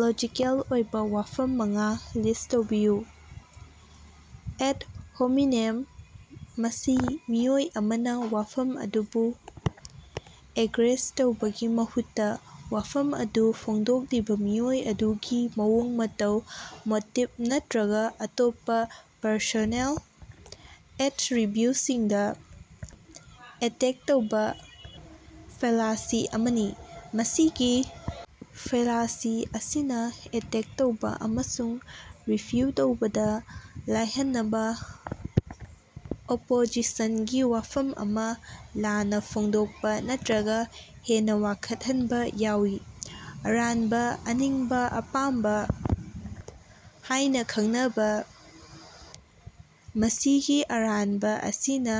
Logical ꯑꯣꯏꯕ ꯋꯥꯐꯝ ꯃꯉꯥ ꯂꯤꯁ꯭ꯠ ꯇꯧꯕꯤꯌꯨ꯫ ꯑꯦꯗ ꯍꯣꯃꯤꯅꯦꯝ ꯃꯁꯤ ꯃꯤꯑꯣꯏ ꯑꯃꯅꯥ ꯋꯥꯐꯝ ꯑꯗꯨꯕꯨ ꯑꯦꯗ꯭ꯔꯦꯁ ꯇꯧꯕꯒꯤ ꯃꯍꯨꯠꯇꯥ ꯋꯥꯐꯝ ꯑꯗꯨ ꯐꯣꯡꯗꯣꯛꯂꯤꯕꯥ ꯃꯤꯑꯣꯏ ꯑꯗꯨꯒꯤ ꯃꯑꯣꯡ ꯃꯇꯧ, ꯃꯣꯇꯤꯕ ꯅꯠꯇ꯭ꯔꯒꯥ ꯑꯇꯣꯞꯄꯥ ꯄꯔꯁꯣꯅꯦꯜ ꯑꯦꯠꯔꯤꯕ꯭ꯌꯨꯠꯁꯤꯡꯗꯥ ꯑꯦꯇꯦꯛ ꯇꯧꯕ ꯐꯦꯂꯥꯁꯤ ꯑꯃꯅꯤ꯫ ꯃꯁꯤꯒꯤ ꯐꯦꯂꯥꯁꯤ ꯑꯁꯤꯅꯥ ꯑꯦꯇꯦꯛ ꯇꯧꯕ ꯑꯃꯁꯨꯡ ꯔꯤꯐ꯭ꯌꯨꯠ ꯇꯧꯕꯗꯥ ꯂꯥꯏꯍꯟꯅꯕꯥ ꯑꯣꯄꯣꯖꯤꯁꯟꯒꯤ ꯋꯥꯐꯝ ꯑꯃꯥ ꯂꯥꯟꯅꯥ ꯐꯣꯡꯗꯣꯛꯄꯥ ꯅꯠꯇ꯭ꯔꯒꯥ ꯍꯦꯟꯅ ꯋꯥꯡꯈꯠꯍꯟꯕꯥ ꯌꯥꯎꯏ꯫ ꯑꯔꯥꯟꯕꯥ ꯑꯅꯤꯡꯕ ꯑꯄꯥꯝꯕ ꯍꯥꯏꯅ ꯈꯪꯅꯕꯥ, ꯃꯁꯤꯒꯤ ꯑꯔꯥꯟꯕꯥ ꯑꯁꯤꯅꯥ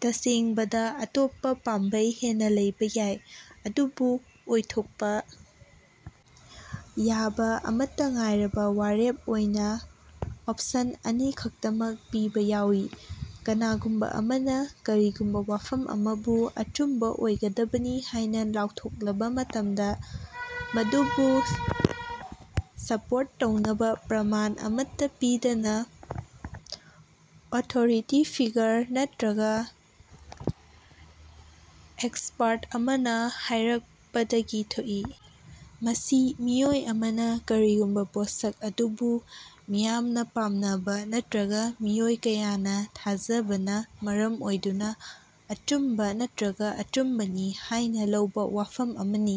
ꯇꯁꯦꯡꯕꯗ ꯑꯇꯣꯞꯄ ꯄꯥꯝꯕꯩ ꯍꯦꯟꯅ ꯂꯩꯕ ꯌꯥꯏ, ꯑꯗꯨꯕꯨ ꯑꯣꯏꯊꯣꯛꯄ ꯌꯥꯕ ꯑꯃꯠꯇꯥ ꯉꯥꯏꯔꯕ ꯋꯥꯔꯦꯞ ꯑꯣꯏꯅ ꯑꯣꯄꯁꯟ ꯑꯅꯤ ꯈꯛꯇꯃꯛ ꯄꯤꯕ ꯌꯥꯎꯏ꯫ ꯀꯅꯥꯒꯨꯝꯕꯥ ꯑꯃꯅꯥ ꯀꯔꯤꯒꯨꯝꯕꯥ ꯋꯥꯐꯝ ꯑꯃꯥꯕꯨ ꯑꯆꯨꯝꯕꯥ ꯑꯣꯏꯒꯗꯕꯅꯤ ꯍꯥꯏꯅ ꯂꯥꯎꯊꯣꯛꯂꯕꯥ ꯃꯇꯝꯗꯥ, ꯃꯗꯨꯕꯨ ꯁꯄꯣꯔꯠ ꯇꯧꯅꯕꯥ ꯄ꯭ꯔꯃꯥꯟ ꯑꯃꯠꯇꯥ ꯄꯤꯗꯅꯥ, ꯑꯣꯊꯣꯔꯤꯇꯤ ꯐꯤꯒꯔ ꯅꯠꯇ꯭ꯔꯒꯥ ꯑꯦꯛꯁꯄꯔꯠ ꯑꯃꯅꯥ ꯍꯥꯏꯔꯛꯄꯗꯒꯤ ꯊꯣꯛꯏ꯫ ꯃꯁꯤ ꯃꯤꯑꯣꯏ ꯑꯃꯅꯥ ꯀꯔꯤꯒꯨꯝꯕꯥ ꯄꯣꯠꯁꯛ ꯑꯃꯕꯨ ꯃꯤꯌꯥꯝꯅꯥ ꯄꯥꯝꯅꯕꯥ ꯅꯠꯇ꯭ꯔꯒꯥ ꯃꯤꯑꯣꯏ ꯀꯌꯥꯅꯥ ꯊꯥꯖꯕꯅꯥ ꯃꯔꯝ ꯑꯣꯏꯗꯨꯅꯥ ꯑꯆꯨꯝꯕꯥ ꯅꯠꯇ꯭ꯔꯒ ꯑꯆꯨꯝꯕꯅꯤ ꯍꯥꯏꯅꯥ ꯂꯧꯕ ꯋꯥꯐꯝ ꯑꯃꯅꯤ꯫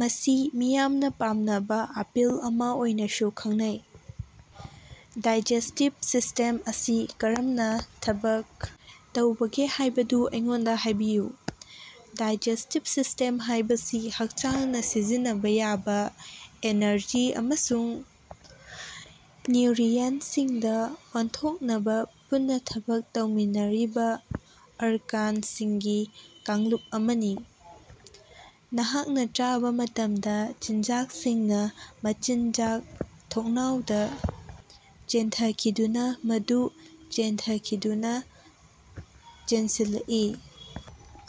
ꯃꯁꯤ ꯃꯤꯌꯥꯝꯅꯥ ꯄꯥꯝꯅꯕꯥ ꯑꯄꯤꯜ ꯑꯃꯥ ꯑꯣꯏꯅꯥꯁꯨ ꯈꯪꯅꯩ꯫ ꯗꯥꯏꯖꯦꯁ꯭ꯇꯤꯚ ꯁꯤꯁ꯭ꯇꯦꯝ ꯑꯁꯤ ꯀꯔꯝꯅꯥ ꯊꯕꯛ ꯇꯧꯕꯒꯦ ꯍꯥꯏꯕꯗꯨ ꯑꯩꯉꯣꯟꯗꯥ ꯍꯥꯏꯕꯤꯌꯨ꯫ ꯗꯥꯏꯖꯦꯁ꯭ꯇꯤꯚ ꯁꯤꯁ꯭ꯇꯦꯝ ꯍꯥꯏꯕꯁꯤ ꯍꯛꯆꯥꯡꯅꯥ ꯁꯤꯖꯤꯟꯅꯕꯥ ꯌꯥꯕꯥ ꯑꯦꯅꯔꯖꯤ ꯑꯃꯁꯨꯡ ꯅ꯭ꯌꯨꯠꯔꯤꯑꯦꯟꯇꯁꯤꯡꯗꯥ ꯑꯣꯟꯊꯣꯛꯅꯕꯥ ꯄꯨꯟꯅꯥ ꯊꯕꯛ ꯇꯧꯃꯤꯟꯅꯔꯤꯕꯥ ꯑꯣꯔꯒꯥꯟꯁꯤꯡꯒꯤ ꯀꯥꯡꯂꯨꯞ ꯑꯃꯅꯤ꯫ ꯅꯍꯥꯛꯅꯥ ꯆꯥꯕꯥ ꯃꯇꯝꯗꯥ, ꯆꯤꯟꯖꯥꯛꯁꯤꯡꯅꯥ ꯃꯆꯤꯟꯖꯥꯛ ꯊꯣꯡꯅꯥꯎꯗꯥ ꯆꯦꯟꯊꯈꯤꯗꯨꯅꯥ ꯃꯗꯨ ꯆꯦꯟꯊꯈꯤꯗꯨꯅꯥ ꯆꯦꯟꯁꯤꯜꯂꯛꯏ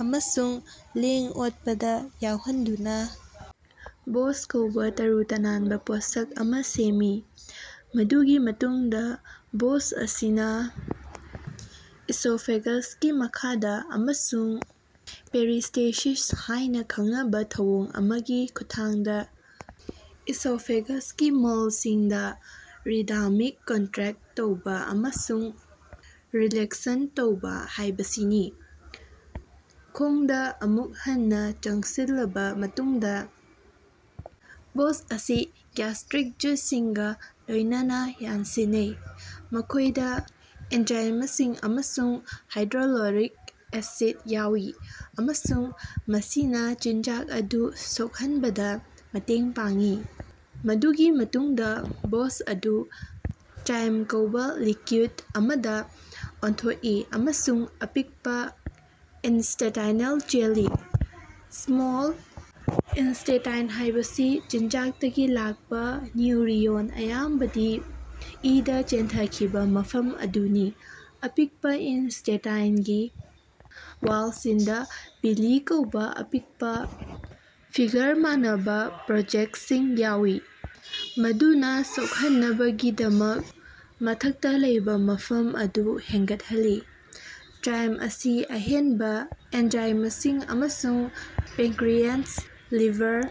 ꯑꯃꯁꯨꯡ ꯂꯦꯡ-ꯑꯣꯠꯄꯗꯥ ꯌꯥꯎꯍꯟꯗꯨꯅꯥ ꯕꯣꯂꯁ ꯀꯧꯕ ꯇꯔꯨ-ꯇꯥꯟꯅꯕꯥ ꯄꯣꯠꯁꯛ ꯑꯃꯥ ꯁꯦꯝꯃꯤ꯫ ꯃꯗꯨꯒꯤ ꯃꯇꯨꯡꯗꯥ ꯕꯣꯂꯁ ꯑꯁꯤꯅꯥ ꯏꯁꯣꯐꯦꯒꯁꯀꯤ ꯃꯈꯥꯗꯥ ꯑꯃꯁꯨꯡ ꯄꯦꯔꯤꯁ꯭ꯇꯦꯂꯁꯤꯁ ꯍꯥꯏꯅꯥ ꯈꯪꯅꯕꯥ ꯊꯧꯑꯣꯡ ꯑꯃꯒꯤ ꯈꯨꯠꯊꯥꯡꯗꯥ ꯏꯁꯣꯐꯦꯒꯁꯀꯤ ꯃꯁꯂꯁꯤꯡꯗꯥ ꯔꯤꯗꯃꯤꯛ ꯀꯟꯠꯔꯦꯛꯇ ꯇꯧꯕꯥ ꯑꯃꯁꯨꯡ ꯔꯤꯂꯦꯛꯁꯟ ꯇꯧꯕꯥ ꯍꯥꯏꯕꯁꯤꯅꯤ꯫ ꯈꯣꯡꯗꯥ ꯑꯃꯨꯛ ꯍꯟꯅꯥ ꯆꯪꯁꯤꯜꯂꯕꯥ ꯃꯇꯨꯡꯗꯥ, ꯕꯣꯂꯁ ꯑꯁꯤ ꯒ꯭ꯌꯥꯁꯠꯔꯤꯛ ꯖꯨꯁꯁꯤꯡꯒꯥ ꯂꯣꯏꯅꯅꯥ ꯌꯥꯟꯁꯤꯟꯅꯩ, ꯃꯈꯣꯏꯗꯥ ꯑꯦꯅꯖꯥꯏꯃꯁꯤꯡ ꯑꯃꯁꯨꯡ ꯍꯥꯏꯗ꯭ꯔꯣꯛꯂꯣꯔꯤꯛ ꯑꯦꯁꯤꯠ ꯌꯥꯎꯏ ꯑꯃꯁꯨꯡ ꯃꯁꯤꯅꯥ ꯆꯤꯟꯖꯥꯛ ꯑꯗꯨ ꯁꯣꯛꯍꯟꯕꯗꯥ ꯃꯇꯦꯡ ꯄꯥꯡꯏ꯫ ꯃꯗꯨꯒꯤ ꯃꯇꯨꯡꯗꯥ ꯕꯣꯂꯁ ꯑꯗꯨ ꯆꯥꯏꯝ ꯀꯧꯕꯥ ꯂꯤꯛꯌꯨꯏꯗ ꯑꯃꯗꯥ ꯑꯣꯟꯊꯣꯛꯏ ꯑꯃꯁꯨꯡ ꯑꯄꯤꯛꯄꯥ ꯏꯟꯇꯦꯁ꯭ꯇꯥꯏꯅꯗꯥ ꯆꯦꯜꯂꯤ꯫ ꯁ꯭ꯃꯣꯜ ꯏꯟꯇꯦꯁ꯭ꯇꯥꯏꯟ ꯍꯥꯏꯕꯁꯤ ꯆꯤꯟꯖꯥꯛꯇꯒꯤ ꯂꯥꯛꯄꯥ ꯅ꯭ꯌꯨꯠꯔꯤꯑꯦꯟꯇ ꯑꯌꯥꯝꯕꯗꯤ ꯏꯗꯥ ꯆꯦꯟꯊꯈꯤꯕꯥ ꯃꯐꯝ ꯑꯗꯨꯅꯤ꯫ ꯑꯄꯤꯛꯄꯥ ꯏꯟꯇꯦꯁ꯭ꯇꯥꯏꯅꯒꯤ ꯋꯥꯂꯁꯤꯡꯗꯥ ꯚꯤꯂꯤ ꯀꯧꯕꯥ ꯑꯄꯤꯛꯄꯥ ꯐꯤꯉ꯭ꯒꯔ-ꯃꯥꯟꯅꯕꯥ ꯄ꯭ꯔꯣꯖꯦꯛꯁꯁꯤꯡ ꯌꯥꯎꯏ, ꯃꯗꯨꯅꯥ ꯁꯣꯛꯍꯟꯅꯕꯒꯤꯗꯃꯛ ꯃꯊꯛꯇꯥ ꯂꯩꯕꯥ ꯃꯐꯝ ꯑꯗꯨ ꯍꯦꯟꯒꯠꯍꯜꯂꯤ꯫ ꯆꯥꯏꯝ ꯑꯁꯤ ꯑꯍꯦꯟꯕꯥ ꯑꯦꯅꯖꯥꯏꯃꯁꯤꯡ ꯑꯃꯁꯨꯡ ꯄꯦꯟꯀꯔꯤꯑꯦꯖ, ꯂꯤꯚꯔ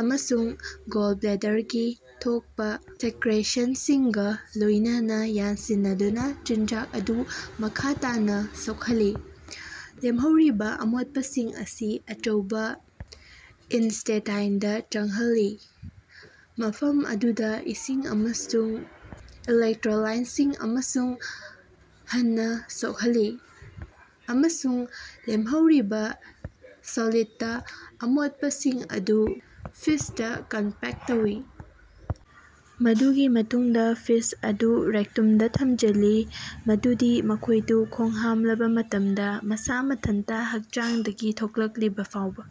ꯑꯃꯁꯨꯡ ꯒꯥꯂꯕ꯭ꯂꯦꯗꯔꯗꯒꯤ ꯊꯣꯛꯄꯥ ꯁꯦꯛꯔꯦꯁꯟꯁꯤꯡꯒꯥ ꯂꯣꯏꯅꯅꯥ ꯌꯥꯟꯁꯤꯟꯅꯗꯨꯅꯥ ꯆꯤꯟꯖꯥꯛ ꯑꯗꯨ ꯃꯈꯥ ꯇꯥꯅꯥ ꯁꯣꯛꯍꯜꯂꯤ꯫ ꯂꯦꯝꯍꯧꯔꯤꯕꯥ ꯑꯃꯣꯠꯄꯁꯤꯡ ꯑꯁꯤ ꯑꯆꯧꯕꯥ ꯏꯟꯇꯦꯁ꯭ꯇꯥꯏꯅꯗꯥ ꯆꯪꯁꯤꯜꯂꯤ, ꯃꯐꯝ ꯑꯗꯨꯗꯥ ꯏꯁꯤꯡ ꯑꯃꯁꯨꯡ ꯏꯂꯦꯛꯠꯔꯣꯂꯥꯏꯠꯁꯤꯡ ꯑꯃꯨꯛ ꯍꯟꯅꯥ ꯁꯣꯛꯍꯜꯂꯤ, ꯑꯃꯁꯨꯡ ꯂꯦꯝꯍꯧꯔꯤꯕꯥ ꯁꯣꯂꯤꯠꯇ ꯑꯃꯣꯠꯄꯁꯤꯡ ꯑꯗꯨ ꯐꯤꯁꯇꯥ ꯀꯝꯄꯦꯛꯇ ꯇꯧꯏ꯫ ꯃꯗꯨꯒꯤ ꯃꯇꯨꯡꯗꯥ ꯐꯤꯁ ꯑꯗꯨ ꯔꯦꯛꯇꯨꯝꯗꯥ ꯊꯝꯖꯤꯜꯂꯤ ꯃꯗꯨꯗꯤ ꯃꯈꯣꯏꯗꯨ ꯈꯣꯡ ꯍꯥꯝꯂꯕꯥ ꯃꯇꯝꯗꯥ ꯃꯁꯥ ꯃꯊꯟꯇꯥ ꯍꯛꯆꯥꯡꯗꯒꯤ ꯊꯣꯛꯂꯛꯔꯤꯕ ꯐꯥꯎꯕꯥ꯫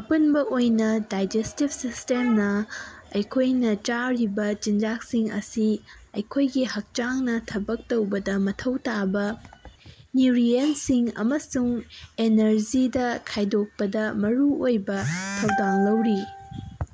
ꯑꯄꯨꯟꯕꯥ ꯑꯣꯏꯅ, ꯗꯥꯏꯖꯦꯁ꯭ꯇꯤꯚ ꯁꯤꯁ꯭ꯇꯦꯝꯅꯥ ꯑꯩꯈꯣꯏꯅꯥ ꯆꯥꯔꯤꯕꯥ ꯆꯤꯟꯖꯥꯛꯁꯤꯡ ꯑꯁꯤ ꯑꯩꯈꯣꯏꯒꯤ ꯍꯛꯆꯥꯡꯅꯥ ꯊꯕꯛ ꯇꯧꯕꯗꯥ ꯃꯊꯧ ꯇꯥꯕꯥ ꯅ꯭ꯌꯨꯠꯔꯤꯑꯦꯟꯇꯁꯤꯡ ꯑꯃꯁꯨꯡ ꯑꯦꯅꯔꯖꯤꯗꯥ ꯈꯥꯏꯗꯣꯛꯄꯗꯥ ꯃꯔꯨꯑꯣꯏꯕꯥ ꯊꯧꯗꯥꯡ ꯂꯧꯔꯤ꯫